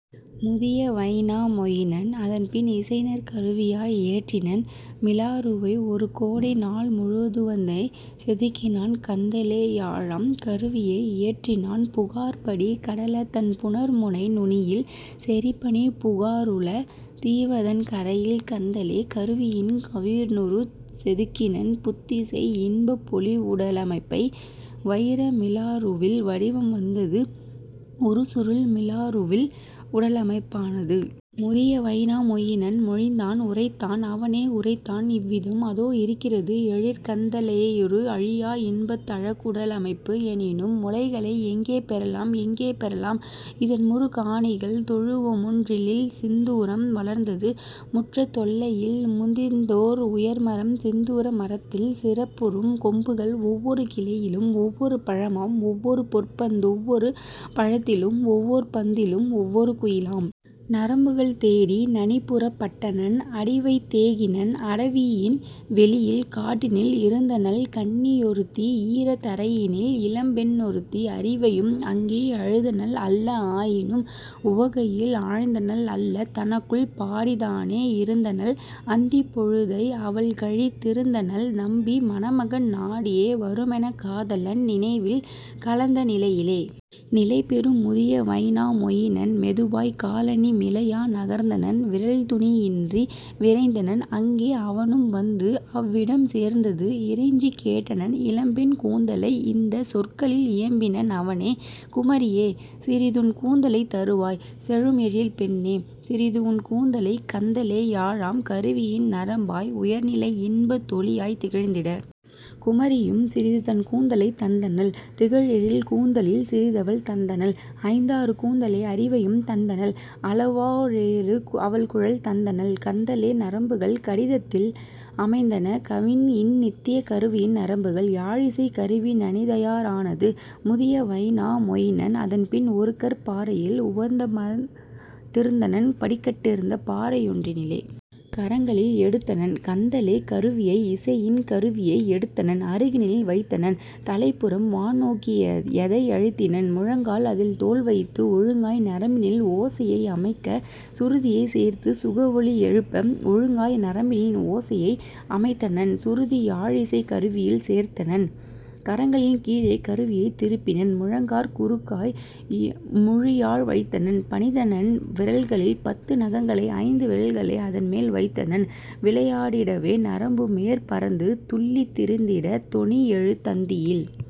" முதிய Väinämöinen அதன்பின்। இசைநற் கருவியாய் இயற்றினன் மிலாறுவை; ஒருகோடை நாள்முழு துவந்தே செதுக்கினான் கந்தலே யாழாம் கருவியை இயற்றினான் புகார்படி கடலதன் புணர்முனை நுனியில் செறிபனிப் புகாருள தீவதன் கரையில் கந்தலே கருவியின் கவினுருச் செதுக்கினன் புத்திசை இன்பப் பொலிவுட லமைப்பை வைர மிலாறுவில் வடிவம் வந்தது உறுசுருள் மிலாறுவில் உடலமைப் பானது. முதிய வைனா மொயினன் மொழிந்தான் உரைத்தான் அவனே உரைத்தான் இவ்விதம்: "அதோஇருக் கிறது எழிற்கந் தலேயுரு அழியா இன்பத் தழகுட லமைப்பு எனினும் முளைகளை எங்கே பெறலாம் எங்கே பெறலாம் இதன்முறுக் காணிகள்? " தொழுவமுன் றிலில்சிந் தூரம் வளர்ந்தது முற்றத் தெல்லையில் முதிர்ந்ததோர் உயர்மரம் சிந்துர மரத்தில் சிறப்புறும் கொம்புகள் ஒவ்வொரு கிளையிலும் ஒவ்வொரு பழமாம் ஒவ்வொரு பொற்பந் தொவ்வொரு பழத்திலும் ஒவ்வோர் பந்திலும் ஒவ்வொரு குயிலாம். " நரம்புகள் தேடி நனிபுறப் பட்டனன் அடிவைத் தேகினன் அடவியின் வெளியில் காட்டினில் இருந்தனள் கன்னி யொருத்தி ஈரத் தரையினில் இளம்பெண் ணொருத்தி அரிவையும் அங்கே அழுதனள் அல்ல ஆயினும் உவகையில் ஆழ்ந்தனள் அல்ல தனக்குள் பாடித் தானே யிருந்தனள் அந்திப் பொழுதை அவள்கழித் திருந்தனள் நம்பி மணமகன் நாடியே வருமென காதலன் நினைவில் கலந்த நிலையிலே. நிலைபெறும் முதிய வைனா மொயினன் மெதுவாய்க் காலணி மிலையா நகர்ந்தனன் விரல்துணி யின்றி விரைந்தனன் அங்கே; அவனும் வந்து அவ்விடம் சேர்ந்ததும் இறைஞ்சிக் கேட்டனன் இளம்பெண் கூந்தலை இந்தச் சொற்களில் இயம்பினன் அவனே: "குமரியே, சிறிதுன் கூந்தலைத் தருவாய்! செழும்எழிற் பெண்ணே, சிறிதுஉன் கூந்தலை! கந்தலே யாழாம் கருவியின் நரம்பாய் உயர்நிலை இன்பத் தொலியாய்த் திகழ்ந்திட! " குமரியும் சிறிதுதன் கூந்தலைத் தந்தனள் திகழ்எழிற் கூந்தலில் சிறிதவள் தந்தனள் ஐந்தாறு கூந்தலை அரிவையும் தந்தனள் அளவோ ரேழு அவள்குழல் தந்தனள் கந்தலே நரம்புகள் கடிததில் அமைந்தன கவின்இன் நித்தியக் கருவியின் நரம்புகள். யாழிசைக் கருவி நனிதயா ரானது; முதிய வைனா மொயினன் அதன்பின் ஒருகற் பாறையில் உவந்தமர்ந் திருந்தனன் படிக்கட் டிருந்த பாறையொன் றினிலே. கரங்களில் எடுத்தனன் கந்தலேக் கருவியை இசைஇன் கருவியை எடுத்தனன் அருகினில் வைத்தனன் தலைப்புறம் வான்நோக் கியேயதை அழுத்தினன் முழங்கால் அதில்தோள் வைத்து ஒழுங்காய் நரம்பினில் ஓசையை அமைக்க சுருதியைச் சேர்த்து சுகஒலி எழுப்ப. ஒழுங்காய் நரம்பினின் ஓசையை அமைத்தனன் சுருதி யாழிசைக் கருவியில் சேர்த்தனன் கரங்களின் கீழே கருவியைத் திருப்பினன் முழங்காற் குறுக்காய் முழுயாழ் வைத்தனன் பணித்தனன் விரல்களின் பத்து நகங்களை ஐந்து விரல்களை அதன்மேல் வைத்தனன் விளையா டிடவே நரம்புமேற் பறந்து துள்ளித் திரிந்திடத் தொனியெழு தந்தியில்.